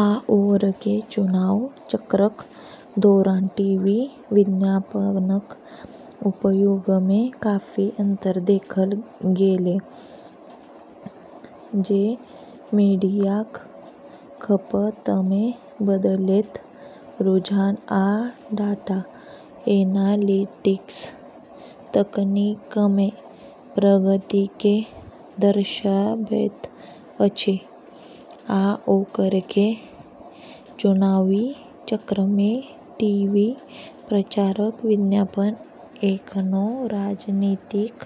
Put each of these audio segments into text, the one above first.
आओरके चुनाव चक्रक दौरान टीवी विज्ञापनक उपयोगमे काफी अंतर देखल गेलै, जे मीडियाक खपतमे बदलैत रुझान आ डाटा एनालिटिक्स तकनीकमे प्रगति केँ दर्शाबैत अछि। आओरके चुनावी चक्रमे टीवी प्रचारक विज्ञापन एखनो राजनीतिक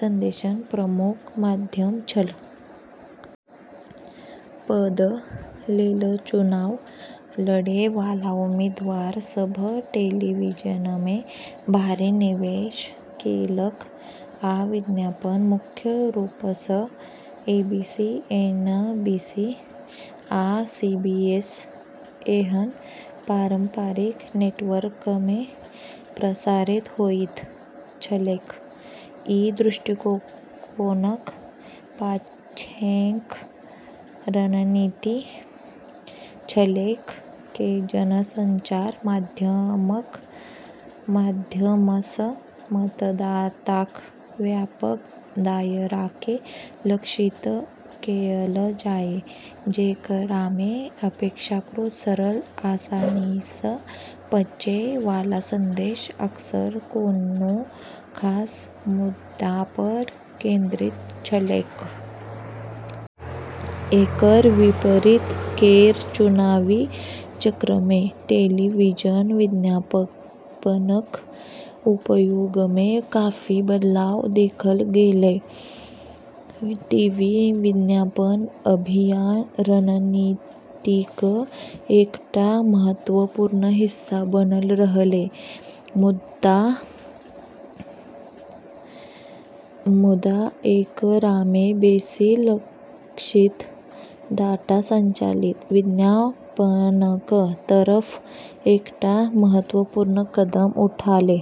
संदेशक प्रमुख माध्यम छल। पद लेल चुनाव लड़ै वाला उम्मीदवार सभ टेलीविजनमे भारी निवेश केलक, आ विज्ञापन मुख्य रूपसँ एबीसी, एनबीसी, आ सीबीएस एहन पारंपरिक नेटवर्कमे प्रसारित होइत छलैक। ई दृष्टिकोणक पाछाँक रणनीति छलैक कि जनसंचार माध्यमक माध्यमसँ मतदाताक व्यापक दायराकेँ लक्षित कएल जाय, जेकरामे अपेक्षाकृत सरल, आसानीसँ पचै वाला संदेश अक्सर कोनो खास मुद्दापर केंद्रित छलैक। एकर विपरीत केर चुनावी चक्रमे टेलीविजन विज्ञापनक उपयोगमे काफी बदलाव देखल गेलै। टीवी विज्ञापन अभियान रणनीतिक एकटा महत्वपूर्ण हिस्सा बनल रहलै, मुदा एकरामे बेसी लक्षित, डाटा संचालित विज्ञापनक तरफ एकटा महत्वपूर्ण कदम उठलै।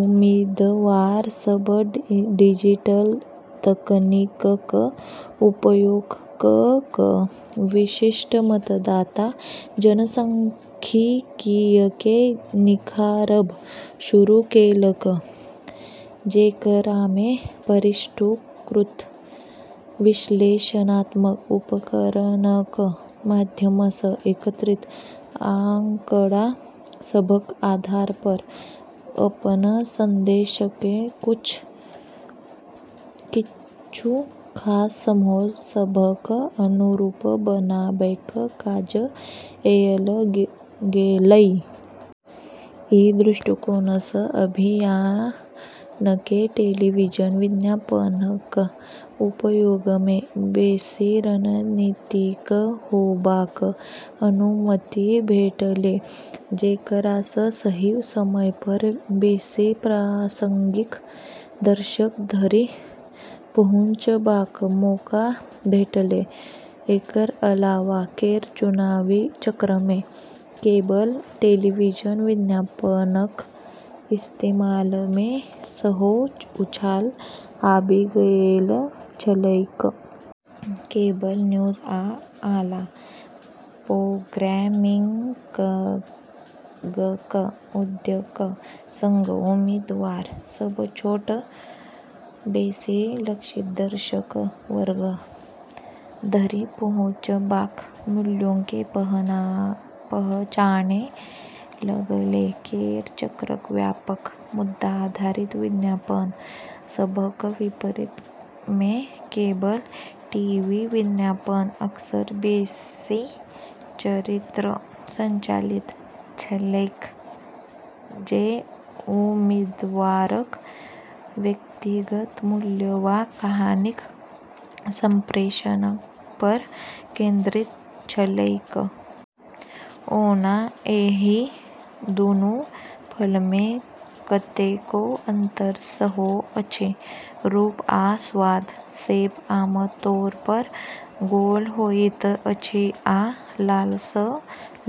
उम्मीदवार सभ डिजिटल तकनीकक उपयोग कऽ कऽ विशिष्ट मतदाता जनसांख्यिकीयकेँ निखारब शुरू केलक, जेकरामे परिष्कृत विश्लेषणात्मक उपकरणक माध्यमसँ एकत्रित आंकड़ा सभक आधारपर अपन संदेशकेँ किछु खास समूह सभक अनुरूप बनाबैक काज कएल गेलै। ई दृष्टिकोणसँ अभियानकेँ टेलीविजन विज्ञापनक उपयोगमे बेसी रणनीतिक होबाक अनुमति भेटलै, जेकरासँ सही समयपर बेसी प्रासंगिक दर्शक धरि पहुँचबाक मौका भेटलै। एकर अलावा केर चुनावी चक्रमे केबल टेलीविजन विज्ञापनक इस्तेमालमे सेहो उछाल आबि गेल छलैक। केबल न्यूज आ आला प्रोग्रामिंगक उदयक संग उम्मीदवार सभ छोट, बेसी लक्षित दर्शक वर्ग धरि पहुँचबाक मूल्यकेँ पहचानै लगलै। केर चक्रक व्यापक, मुद्दा आधारित विज्ञापन सभक विपरीत, मे केबल टीवी विज्ञापन अक्सर बेसी चरित्र-संचालित छलैक, जे उम्मीदवारक व्यक्तिगत मूल्य वा कहानीक संप्रेषणपर केंद्रित छलैक। ओना एहि दूनू फलमे कतेको अंतर सेहो अछि। रूप आ स्वाद: सेब आमतौरपर गोल होइत अछि आ लालसँ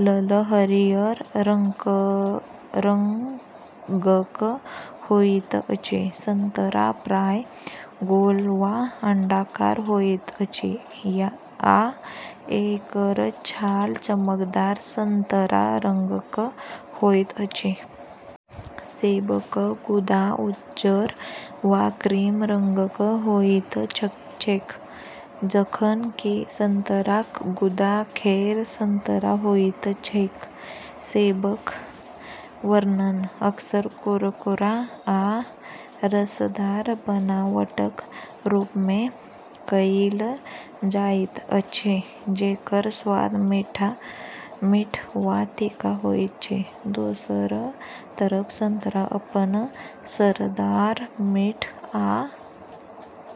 लऽ कऽ हरियर रंगक होइत अछि। संतरा प्रायः गोल वा अंडाकार होइत अछि आ एकर छाल चमकदार संतरा रंगक होइत अछि। सेबक गुदा उज्जर वा क्रीम रंगक होइत छैक, जखन कि संतराक गुदा, खैर, संतरा होइत छैक। सेबक वर्णन अक्सर कुरकुरा आ रसदार बनावटक रूपमे कएल जाइत अछि जेकर स्वाद मीठ वा तीखा होइत छै। दोसर तरफ संतरा अपन रसदार, मीठ आ...